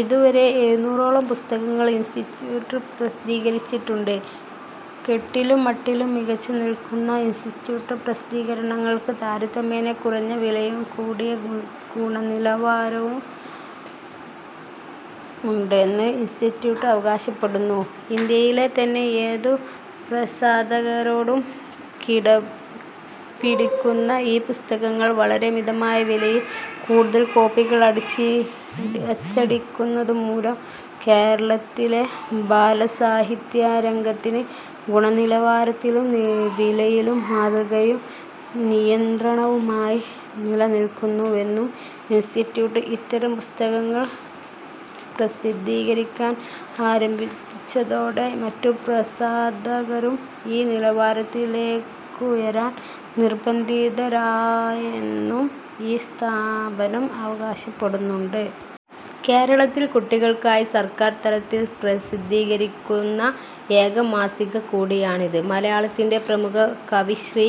ഇതുവരെ എഴുന്നൂറോളം പുസ്തകങ്ങൾ ഇൻസ്റ്റിറ്റ്യൂട്ട് പ്രസിദ്ധീകരിച്ചിട്ടുണ്ട്. കെട്ടിലും മട്ടിലും മികച്ചു നിൽക്കുന്ന ഇൻസ്റ്റിറ്റ്യൂട്ട് പ്രസിദ്ധീകരണങ്ങൾക്കു് താരതമ്യേന കുറഞ്ഞ വിലയും കൂടിയ ഗുണനിലവാരവുമുണ്ടെന്നു് ഇൻസ്റ്റിറ്റ്യൂട്ട് അവകാശപ്പെടുന്നു. ഇന്ത്യയിലെ തന്നെ ഏതു പ്രസാധകരോടും കിടപിടിക്കുന്ന ഈ പുസ്തകങ്ങൾ വളരെ മിതമായ വിലയിൽ കൂടുതൽ കോപ്പികൾ അച്ചടിക്കുന്നതുമൂലം കേരളത്തിലെ ബാലസാഹിത്യരംഗത്തിന് ഗുണനിലവാരത്തിലും വിലയിലും മാതൃകയും നിയന്ത്രണവുമായി നിലനില്ക്കുന്നുവെന്നും ഇൻസ്റ്റിറ്റ്യൂട്ട് ഇത്തരം പുസ്തകങ്ങൾ പ്രസിദ്ധീകരിക്കാൻ ആരംഭിച്ചതോടെ മറ്റു പ്രസാധകരും ഈ നിലവാരത്തിലേക്കുയരാൻ നിർബന്ധിതരായെന്നും ഈ സ്ഥാപനം അവകാശപ്പെടുന്നുണ്ടു്. കേരളത്തിൽ കുട്ടികൾക്കായി സർക്കാർ തലത്തിൽ പ്രസിദ്ധീകരിക്കുന്ന ഏക മാസിക കൂടിയാണിത്. മലയാളത്തിൻറെ പ്രമുഖ കവി ശ്രീ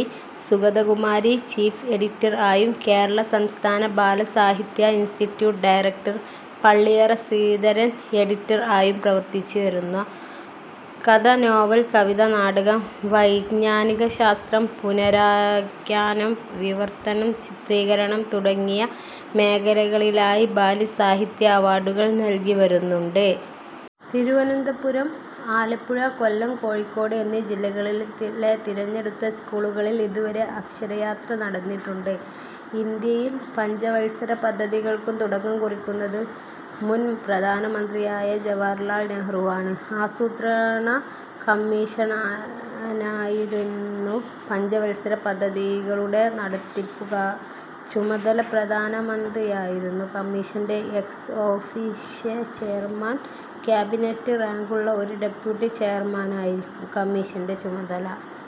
സുഗതകുമാരി ചീഫ് എഡിറ്റർ ആയും കേരള സംസ്ഥാന ബാലസാഹിത്യ institute director Palliyara Sreedharan editor ആയും പ്രവർത്തിച്ച് വരുന്നു. കഥ, നോവൽ, കവിത, നാടകം വൈജ്ഞാനിക ശാസ്ത്രം, പുനരാഖ്യാനം വിവർത്തനം, ചിത്രീകരണം തുടങ്ങിയ മേഖലകളിലായി ബാലസാഹിത്യ അവാർഡുകൾ നൽകിവരുന്നുണ്ട്.. തിരുവനന്തപുരം, ആലപ്പുഴ, കൊല്ലം, കോഴിക്കോട് എന്നീ ജില്ലകളിലെ തിരഞ്ഞെടുത്ത സ്കൂളുകളിൽ ഇതുവരെ അക്ഷരയാത്ര നടന്നിട്ടുണ്ട്. ഇന്ത്യയിൽ പഞ്ചവൽസര പദ്ധതികൾക്കു തുടക്കം കുറിക്കുന്നത് മുൻ പ്രധാനമന്ത്രിയായ ജവഹർലാൽ നെഹ്രുവാണ്. ആസൂത്രണ കമ്മീഷനായിരിന്നു പഞ്ചവത്സര പദ്ധതികളുടെ നടത്തിപ്പു ചുമതല. പ്രധാനമന്ത്രിയായിരിന്നു കമ്മീഷന്റെ എക്സ്-ഒഫീഷ്യോ ചെയർമാൻ, ക്യാബിനറ്റ് റാങ്കുള്ള ഒരു ഡെപ്യൂട്ടി ചെയർമാനായിരിക്കും കമ്മീഷന്റെ ചുമതല.